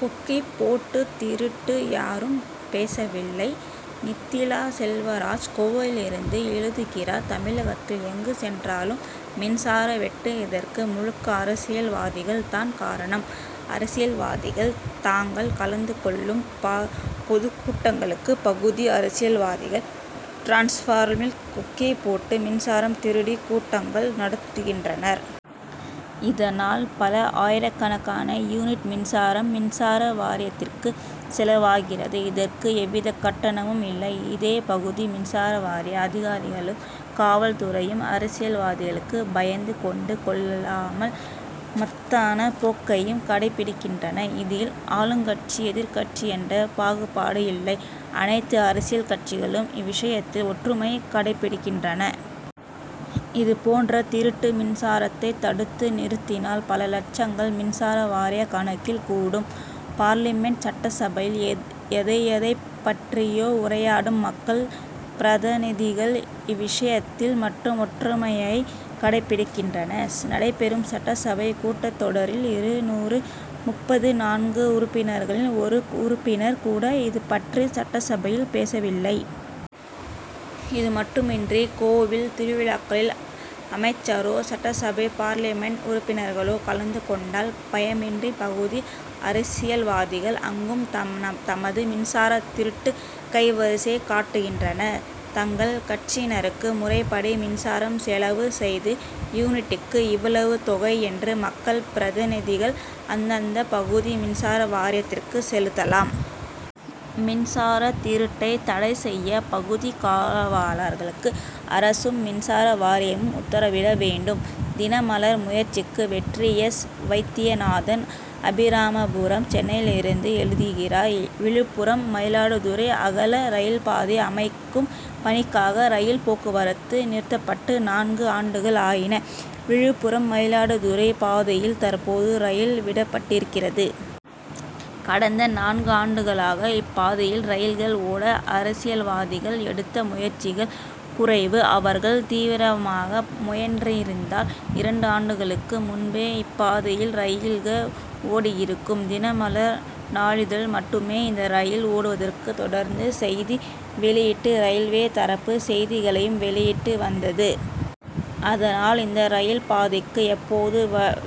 கொக்கி போட்டு திருட்டு யாரும் பேசவில்லை! நித்திலா செல்வராஜ் கோவையிலிருந்து எழுதுகிறார் தமிழகத்தில் எங்கு சென்றாலும் மின்சார வெட்டு இதற்கு முழுக்க அரசியல்வாதிகள் தான் காரணம். அரசியல்வாதிகள் தாங்கள் கலந்து கொள்ளும் பொதுக் கூட்டங்களுக்கு பகுதி அரசியல்வாதிகள் டிரான்ஸ்பார்மில் கொக்கி போட்டு மின்சாரம் திருடி கூட்டங்கள் நடத்துகின்றனர். இதனால் பல ஆயிரக்கணக்கான யூனிட் மின்சாரம் மின்சார வாரியத்திற்கு செலவாகிறது இதற்கு எவ்வித கட்டணமும் இல்லை. இதை பகுதி மின்சார வாரிய அதிகாரிகளும் காவல் துறையும் அரசியல்வாதிகளுக்கு பயந்து கண்டு கொள்ளாமல் மெத்தன போக்கையே கடைபிடிக்கின்றனர். இதில் ஆளுங்கட்சி எதிர்க்கட்சி என்ற பாகுபாடு இல்லை. அனைத்து அரசியல் கட்சிகளும் இவ்விஷயத்தில் ஒற்றுமையை கடைபிடிக்கின்றன. இதுபோன்ற திருட்டு மின்சாரத்தை தடுத்து நிறுத்தினால் பல லட்சங்கள் மின்சார வாரிய கணக்கில் கூடும். பார்லிமென்ட் சட்டசபையில் எதை எதைப் பற்றியோ உரையாடும் மக்கள் பிரதநிதிகள் இவ்விஷயத்தில் மட்டும் ஒற்றுமையை கடைபிடிக்கின்றனர். நடைபெறும் சட்டசபை கூட்டத் தொடரில் இருநூறு முப்பத்து நான்கு உறுப்பினர்களில் ஒரு உறுப்பினர் கூட இதுபற்றி சட்டசபையில் பேசவில்லை. இதுமட்டுமின்றி கோவில் திருவிழாக்களில் அமைச்சரோ சட்டசபை பார்லிமென்ட் உறுப்பினர்களோ கலந்து கொண்டால் பயமின்றி பகுதி அரசியல்வாதிகள் அங்கும் தமது மின்சார திருட்டு கைவரிசையை காட்டுகின்றனர். தங்கள் கட்சியினருக்கு முறைபடி மின்சாரம் செலவு செய்து யூனிட்டுக்கு இவ்வளவு தொகை என்று மக்கள் பிரதிநிதிகள் அந்தந்த பகுதி மின்சார வாரியத்திற்கு செலுத்தலாம். மின்சார திருட்டை தடை செய்ய பகுதி காவலர்களுக்கு அரசும் மின்சார வாரியமும் உத்தரவிட வேண்டும். தினமலர் முயற்சிக்கு வெற்றி! எஸ். வைத்தியநாதன் அபிராமபுரம் சென்னையிலிருந்து எழுதுகிறார் விழுப்புரம் மயிலாடுதுறை அகல ரயில்பாதை அமைக்கும் பணிக்காக ரயில் போக்குவரத்து நிறுத்தப்பட்டு நான்கு ஆண்டுகள் ஆயின. விழுப்புரம் மயிலாடுதுறை பாதையில் தற்போது ரயில் விடப்பட்டிருக்கிறது. கடந்த நான்கு ஆண்டுகளாக இப்பாதையில் ரயில்கள் ஓட அரசியல்வாதிகள் எடுத்த முயற்சிகள் குறைவு. அவர்கள் தீவிரமாக முயன்றிருந்தால் இரண்டு ஆண்டுகளுக்கு முன்பே இப்பாதையில் ரயில்கள் ஓடியிருக்கும். தினமலர் நாளிதழ் மட்டுமே இந்த ரயில் ஓடுவதற்கு தொடர்ந்து செய்தி வெளியிட்டு ரயில்வே தரப்பு செய்திகளையும் வெளியிட்டு வந்தது. அதனால் இந்த ரயில் பாதைக்கு எப்போது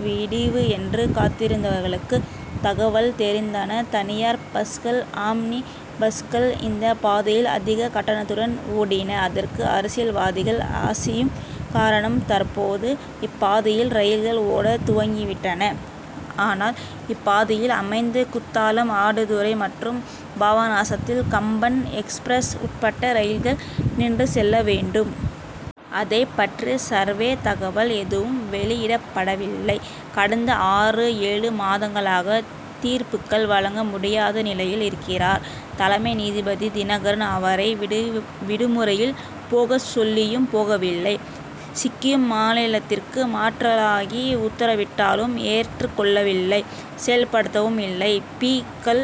விடிவு என்று காத்திருந்தவர்களுக்கு தகவல் தெரிந்தன. தனியார் பஸ்கள் ஆம்னி பஸ்கள் இந்தப் பாதையில் அதிக கட்டணத்துடன் ஓடின அதற்கு அரசியல்வாதிகள் ஆசியும் காரணம். தற்போது இப்பாதையில் ரயில்கள் ஓடத் துவங்கி விட்டன. ஆனால் இப்பாதையில் அமைந்த குத்தாலம் ஆடுதுறை மற்றும் பாபநாசத்தில் கம்பன் எக்ஸ்பிரஸ் உட்பட்ட ரயில்கள் நின்று செல்ல வேண்டும். அதைப் பற்றி சர்வே தகவல் எதுவும் வெளியிடப்படவில்லை. கடந்த ஆறு ஏழு மாதங்களாக தீர்ப்புகள் வழங்க முடியாத நிலையில் இருக்கிறார் தலைமை நீதிபதி தினகரன். அவரை விடுமுறையில் போகச் சொல்லியும் போகவில்லை. சிக்கிம் மாநிலத்திற்கு மாற்றலாகி உத்தரவிட்டாலும் ஏற்றுக் கொள்ளவில்லை செயல்படுத்தவும் இல்லை. பி.க்கள்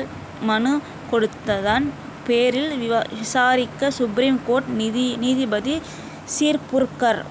மனு கொடுத்ததன் பேரில் விசாரிக்க சுப்ரீம் கோர்ட் நீதிபதி சிர்புர்கர்